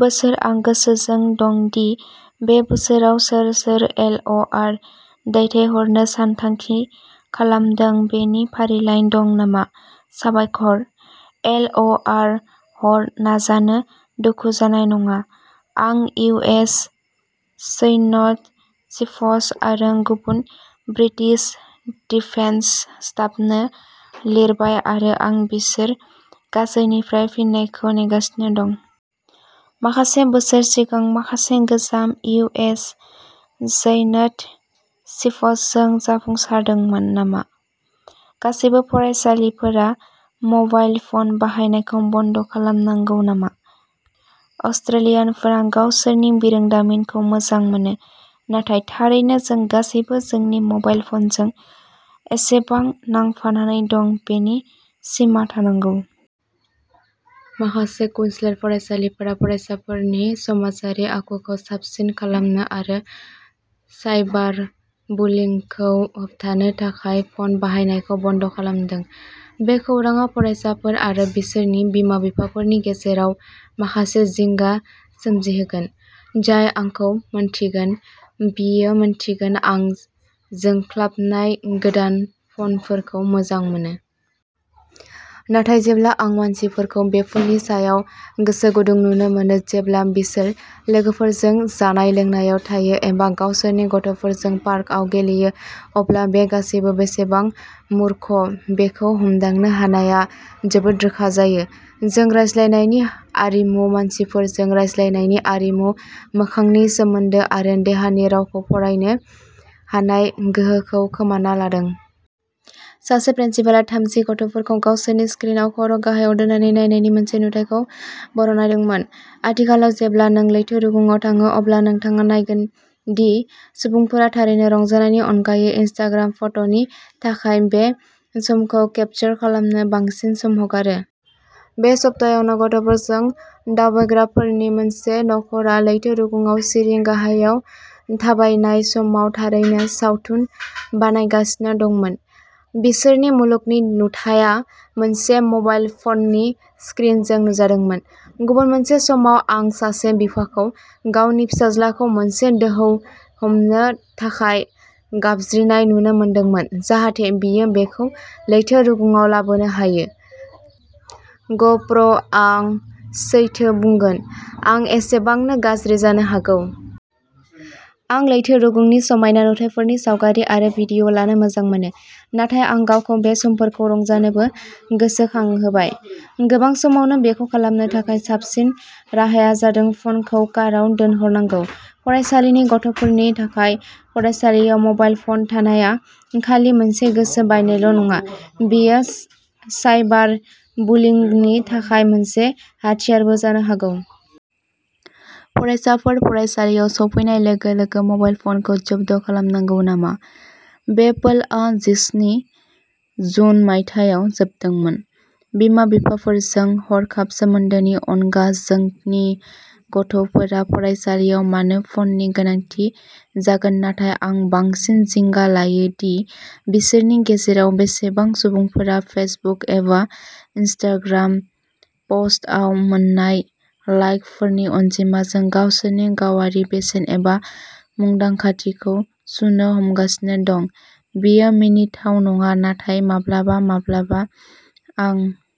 बोसोर आं गोसोजों दं दि बे बोसोराव सोर सोर एल अ आर दैथायहरनो सानथांखि खालामदों बेनि फारिलाइ दं नामा। साबायखर। एल अ आर हर नाजानो दुखु जानाय नङा। आं इउ एस जोइन्ट चीफ्स आरो गुबुन ब्रिटिश डिफेन्स स्टाफनो लिरबाय आरो आं बिसोर गासैनिफ्राय फिननायखौ नेगासिनो दं। माखासे बोसोर सिगां माखासे गोजाम इउ एस जोइन्ट चीफ्सजों जाफुंसारदोंमोन नामा। गासैबो फरायसालिफोरा मबाइल फन बाहायनायखौ बन्द खालामनांगौ नामा? अस्ट्रेलियानफोरा गावसोरनि बिरोंदामिनखौ मोजां मोनो नाथाय थारैनो जों गासैबो जोंनि मबाइल फनजों बेसेबां नांफानानै दं बेनि सिमा थानांगौ। माखासे कुइन्सलेन्ड फरायसालिफोरा फरायसाफोरनि समाजारि आखुखौ साबसिन खालामनो आरो साइबार बुलिंखौ होबथानो थाखाय फन बाहायनायखौ बन्द खालामदों बे खौरांआ फरायसाफोर आरो बिसोरनि बिमा बिफाफोरनि गेजेराव माखासे जिंगा सोमजिहोगोन। जाय आंखौ मिन्थिगोन बियो मिन्थिगोन आं जोंख्लाबनाय गोदान फनफोरखौ मोजां मोनो। नाथाय जेब्ला आं मानसिफोरखौ बेफोरनि सायाव गोसो गुदुं नुनो मोनो। जेब्ला बिसोर लोगोफोरजों जानाय लोंनायाव थायो एबा गावसोरनि गथ'फोरजों पार्कआव गेलेयो अब्ला बे गासैबो बेसेबां मूर्ख बेखौ हमदांनो हानायआ जोबोद रोखा जायो। जों रायज्लायनायनि आरिमु मानसिफोरजों रायज्लायनायनि आरिमु मोखांनि सोमोन्दो आरो देहानि रावखौ फरायनो हानाय गोहोखौ खोमाना लादों। सासे प्रिन्सिपालआ थामजि गथ'फोरखौ गावसोरनि स्क्रिनआव खर'गाहायाव दोननानै नायनायनि मोनसे नुथायखौ बरनायदोंमोन। आथिखालाव जेब्ला नों लैथो रुगुंआव थाङो अब्ला नोंथाङा नायगोन दि सुबुंफोरा थारैनो रंजानायनि अनगायै इनस्टाग्राम फट'नि थाखाय बे समखौ'केपसार'खालामनो बांसिन सम हगारो। बे सप्तायावनो गथ'फोरजों दावबायग्राफोरनि मोनसे नख'रा लैथो रुगुंआव सिरि गाहायाव थाबायनाय समाव थारैनो सावथुन बानायगासिनो दंमोन। बिसोरनि मुलुगनि नुथाया मोनसे म'बाइल फ'ननि स्क्रिनजों नुजादोंमोन। गुबुन मोनसे समाव आं सासे बिफाखौ गावनि फिसाज्लाखौ मोनसे दोहौ हमनो थाखाय गाबज्रिनाय नुनो मोनदोंमोन जाहाथे बियो बेखौ लैथो रुगुंआव लाबोनो हायो ग'प्र' आं सैथो बुंगोन आं एसेबांनो गाज्रि जानो हागौ। आं लैथो रुगुंनि समायना नुथायफोरनि सावगारि आरो भिडिय'लानो मोजां मोनो। नाथाय आं गावखौ बे समफोरखौ रंजानोबो गोसोखांहोबाय। गोबां समावनो बेखौ खालामनो थाखाय साबसिन राहाया जादों फ'नखौ काराव दोनहरनांगौ। फरायसालिनि गथ'फोरनि थाखाय फरायसालियाव मबाइल फ'न थानाया खालि मोनसे गोसो बायनायल'नङा बेयो साइबार बुलिंनि थाखाय मोनसे हाथियारबो जानो हागौ। फरायसाफोर फरायसालियाव सौफैनाय लोगो लोगो मबाइल फ'नफोरखौ जब्द खालामनांगौ नामा? बे पोलआ जिस्नि जुन मायथाइयाव जोबदोंमोन। बिमा बिफाफोरजों हरखाब सोमोन्दोनि अनगा जोंनि गथ'फोरा फरायसालियाव मानो फ'ननि गोनांथि जागोन नाथाय आं बांसिन जिंगा लायो दि बिसोरनि गेजेराव बेसेबां सुबुंफोरा फेसबुक एबा इनस्टाग्राम पस्टआव मोन्नाय लाइकफोरनि अनजिमाजों गावसोरनि गावआरि बेसेन एबा मुंदांखाथिखौ सुनो हमगासिनो दं। बेयो मिनिथाव नङा नाथाय माब्लाबा माब्लाबा आं